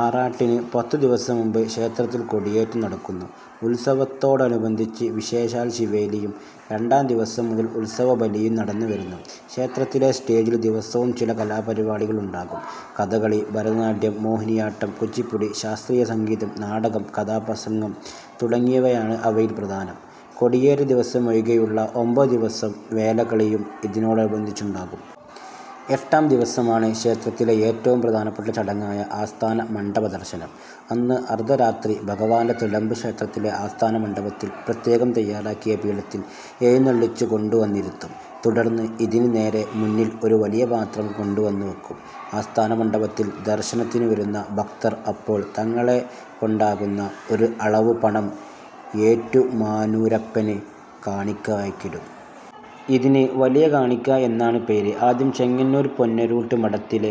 ആറാട്ടിന് പത്തുദിവസം മുമ്പ് ക്ഷേത്രത്തിൽ കൊടിയേറ്റം നടക്കുന്നു. ഉത്സവത്തോടനുബന്ധിച്ച് വിശേഷാൽ ശീവേലിയും രണ്ടാം ദിവസം മുതൽ ഉത്സവബലിയും നടന്നുവരുന്നു. ക്ഷേത്രത്തിലെ സ്റ്റേജിൽ ദിവസവും ചില കലാപരിപാടികളുണ്ടാകും. കഥകളി, ഭരതനാട്യം, മോഹിനിയാട്ടം, കുച്ചിപ്പുഡി, ശാസ്ത്രീയ സംഗീതം, നാടകം, കഥാപ്രസംഗം തുടങ്ങിയവയാണ് അവയിൽ പ്രധാനം. കൊടിയേറ്റദിവസമൊഴികെയുള്ള ഒമ്പത് ദിവസം വേലകളിയും ഇതിനോടനുബന്ധിച്ചുണ്ടാകും. എട്ടാം ദിവസമാണ് ക്ഷേത്രത്തിലെ ഏറ്റവും പ്രധാനപ്പെട്ട ചടങ്ങായ ആസ്ഥാനമണ്ഡപദർശനം. അന്ന് അർദ്ധരാത്രി ഭഗവാന്റെ തിടമ്പ് ക്ഷേത്രത്തിലെ ആസ്ഥാനമണ്ഡപത്തിൽ പ്രത്യേകം തയ്യാറാക്കിയ പീഠത്തിൽ എഴുന്നള്ളിച്ചുകൊണ്ടുവന്നിരുത്തും. തുടർന്ന് ഇതിന് നേരെ മുന്നിൽ ഒരു വലിയ പാത്രം കൊണ്ടുവന്നുവയ്ക്കും. ആസ്ഥാനമണ്ഡപത്തിൽ ദർശനത്തിനുവരുന്ന ഭക്തർ അപ്പോൾ തങ്ങളെക്കൊണ്ടാകുന്ന ഒരു അളവ് പണം ഏറ്റുമാനൂരപ്പന് കാണിയ്ക്കയായിടും. ഇതിന് 'വലിയ കാണിയ്ക്ക' എന്നാണ് പേര്. ആദ്യം ചെങ്ങന്നൂർ പൊന്നുരൂട്ട് മഠത്തിലെ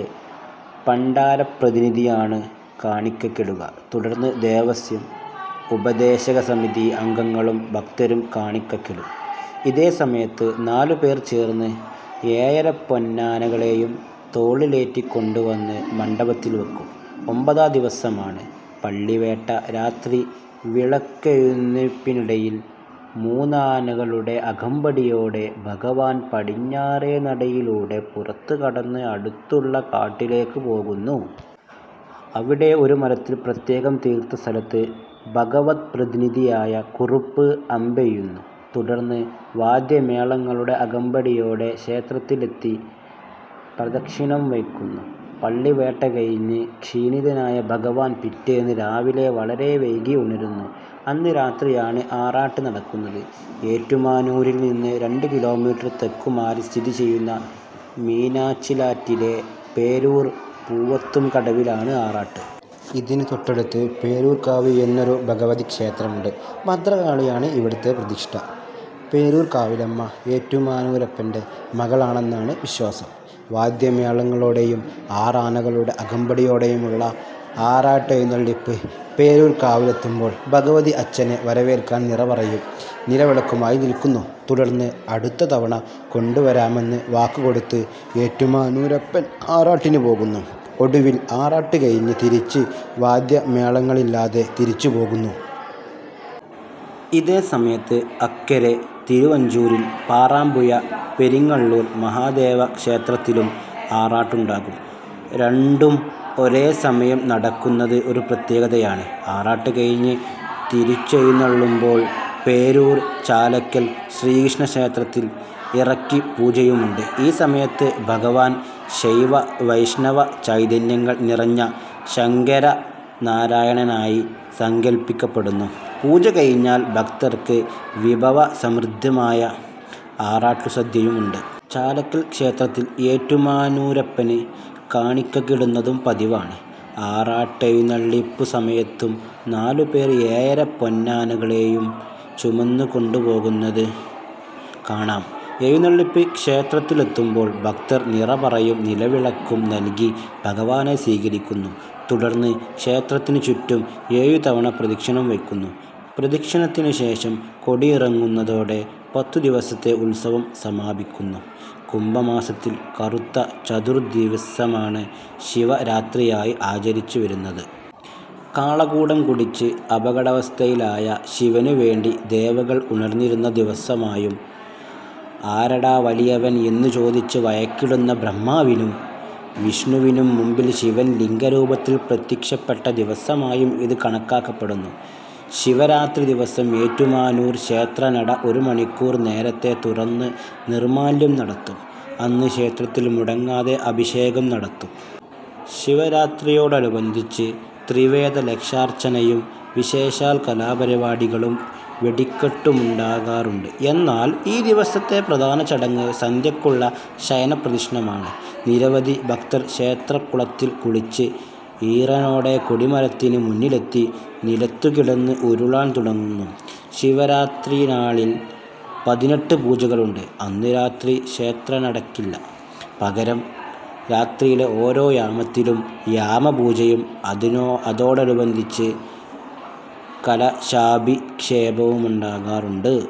പണ്ടാരപ്രതിനിധിയാണ് കാണിയ്ക്കയിടുക. തുടർന്ന് ദേവസ്വം, ഉപദേശകസമിതി അംഗങ്ങളും ഭക്തരും കാണിയ്ക്കയിടും. ഇതേ സമയത്ത്, നാലുപേർ ചേർന്ന് ഏഴരപ്പൊന്നാനകളെയും തോളിലേറ്റിക്കൊണ്ടുവന്ന് മണ്ഡപത്തിൽ വയ്ക്കും. ഒമ്പതാം ദിവസമാണ് പള്ളിവേട്ട. രാത്രി വിളക്കെഴുന്നള്ളിപ്പിനിടയിൽ മൂന്നാനകളുടെ അകമ്പടിയോടെ ഭഗവാൻ പടിഞ്ഞാറേ നടയിലൂടെ പുറത്തുകടന്ന് അടുത്തുള്ള കാട്ടിലേയ്ക്ക് പോകുന്നു. അവിടെ ഒരു മരത്തിൽ പ്രത്യേകം തീർത്ത സ്ഥലത്ത് ഭഗവദ്പ്രതിനിധിയായ കുറുപ്പ് അമ്പെയ്യുന്നു. തുടർന്ന് വാദ്യമേളങ്ങളുടെ അകമ്പടിയോടെ ക്ഷേത്രത്തിലെത്തി പ്രദക്ഷിണം വയ്ക്കുന്നു. പള്ളിവേട്ട കഴിഞ്ഞ് ക്ഷീണിതനായ ഭഗവാൻ പിറ്റേന്ന് രാവിലെ വളരെ വൈകി ഉണരുന്നു. അന്ന് രാത്രിയാണ് ആറാട്ട് നടക്കുന്നത്. ഏറ്റുമാനൂരിൽ നിന്ന് രണ്ട് കിലോമീറ്റർ തെക്കുമാറി സ്ഥിതിചെയ്യുന്ന മീനച്ചിലാറ്റിലെ പേരൂർ പൂവത്തുംകടവിലാണ് ആറാട്ട്. ഇതിന് തൊട്ടടുത്ത് 'പേരൂർക്കാവ്' എന്നൊരു ഭഗവതിക്ഷേത്രമുണ്ട്. ഭദ്രകാളിയാണ് ഇവിടെ പ്രതിഷ്ഠ. പേരൂർക്കാവിലമ്മ ഏറ്റുമാനൂരപ്പന്റെ മകളാണെന്നാണ് വിശ്വാസം. വാദ്യമേളങ്ങളോടെയും ആറാനകളുടെ അകമ്പടിയോടെയുമുള്ള ആറാട്ടെഴുന്നള്ളിപ്പ് പേരൂർക്കാവിലെത്തുമ്പോൾ ഭഗവതി അച്ഛനെ വരവേൽക്കാൻ നിറപറയും നിലവിളക്കുമായി നിൽക്കുന്നു. തുടർന്ന്, അടുത്ത തവണ കൊണ്ടുവരാമെന്ന് വാക്കുകൊടുത്ത് ഏറ്റുമാനൂരപ്പൻ ആറാട്ടിന് പോകുന്നു. ഒടുവിൽ, ആറാട്ട് കഴിഞ്ഞ് തിരിച്ച് വാദ്യമേളങ്ങളില്ലാതെ തിരിച്ചുപോകുന്നു. ഇതേ സമയത്ത്, അക്കരെ തിരുവഞ്ചൂരിൽ പാറാമ്പുഴ പെരിങ്ങള്ളൂർ മഹാദേവക്ഷേത്രത്തിലും ആറാട്ടുണ്ടാകും. രണ്ടും ഒരേ സമയം നടക്കുന്നത് ഒരു പ്രത്യേകതയാണ്. ആറാട്ട് കഴിഞ്ഞ് തിരിച്ചെഴുന്നള്ളുമ്പോൾ പേരൂർ ചാലയ്ക്കൽ ശ്രീകൃഷ്ണക്ഷേത്രത്തിൽ ഇറക്കിപ്പൂജയുമുണ്ട്. ഈ സമയത്ത് ഭഗവാൻ ശൈവ-വൈഷ്ണവചൈതന്യങ്ങൾ നിറഞ്ഞ ശങ്കരനാരായണനായി സങ്കല്പിയ്ക്കപ്പെടുന്നു. പൂജ കഴിഞ്ഞാൽ ഭക്തർക്ക് വിഭവസമൃദ്ധമായ ആറാട്ടുസദ്യയുമുണ്ട്. ചാലയ്ക്കൽ ക്ഷേത്രത്തിൽ ഏറ്റുമാനൂരപ്പന് കാണിയ്ക്കയിടുന്നതും പതിവാണ്. ആറാട്ടെഴുന്നള്ളിപ്പുസമയത്തും നാലുപേർ ഏഴരപ്പൊന്നാനകളെയും ചുമന്നുകൊണ്ടുപോകുന്നത് കാണാം. എഴുന്നള്ളിപ്പ് ക്ഷേത്രത്തിലെത്തുമ്പോൾ ഭക്തർ നിറപറയും നിലവിളക്കും നൽകി ഭഗവാനെ സ്വീകരിയ്ക്കുന്നു. തുടർന്ന്, ക്ഷേത്രത്തിനുചുറ്റും ഏഴുതവണ പ്രദക്ഷിണം വയ്ക്കുന്നു. പ്രദക്ഷിണത്തിനുശേഷം കൊടിയിറങ്ങുന്നതോടെ പത്തുദിവസത്തെ ഉത്സവം സമാപിയ്ക്കുന്നു. കുംഭമാസത്തിൽ കറുത്ത ചതുർദ്ദശിദിവസമാണ് ശിവരാത്രിയായി ആചരിച്ചുവരുന്നത്. കാളകൂടം കുടിച്ച് അപകടാവസ്ഥയിലായ ശിവനുവേണ്ടി ദേവകൾ ഉണർന്നിരുന്ന ദിവസമായും 'ആരാടാ വലിയവൻ? ' എന്നുചോദിച്ച് വഴക്കിടുന്ന ബ്രഹ്മാവിനും വിഷ്ണുവിനും മുമ്പിൽ ശിവൻ ലിംഗരൂപത്തിൽ പ്രത്യക്ഷപ്പെട്ട ദിവസമായും ഇത് കണക്കാക്കപ്പെടുന്നു. ശിവരാത്രിദിവസം ഏറ്റുമാനൂർ ക്ഷേത്രനട ഒരുമണിക്കൂർ നേരത്തെ തുറന്ന് നിർമ്മാല്യം നടത്തും. അന്ന് ക്ഷേത്രത്തിൽ മുടങ്ങാതെ അഭിഷേകം നടത്തും. ശിവരാത്രിയോടനുബന്ധിച്ച് ത്രിവേദലക്ഷാർച്ചനയും വിശേഷാൽ കലാപരിപാടുകളും വെടിക്കെട്ടുമുണ്ടാകാറുണ്ട്. എന്നാൽ, ഈ ദിവസത്തെ പ്രധാന ചടങ്ങ് സന്ധ്യയ്ക്കുള്ള ശയനപ്രദക്ഷിണമാണ്. നിരവധി ഭക്തർ ക്ഷേത്രക്കുളത്തിൽ കുളിച്ച് ഈറനോടെ കൊടിമരത്തിന് മുന്നിലെത്തി നിലത്തുകിടന്ന് ഉരുളാൻ തുടങ്ങുന്നു. ശിവരാത്രിനാളിൽ പതിനെട്ട് പൂജകളുണ്ട്. അന്ന് രാത്രി ക്ഷേത്രയടയ്ക്കില്ല. പകരം, രാത്രിയിലെ ഓരോ യാമത്തിലും യാമപൂജയും അതോടനുബന്ധിച്ച് കലശാഭിഷേകവുമുണ്ടാകാറുണ്ട്.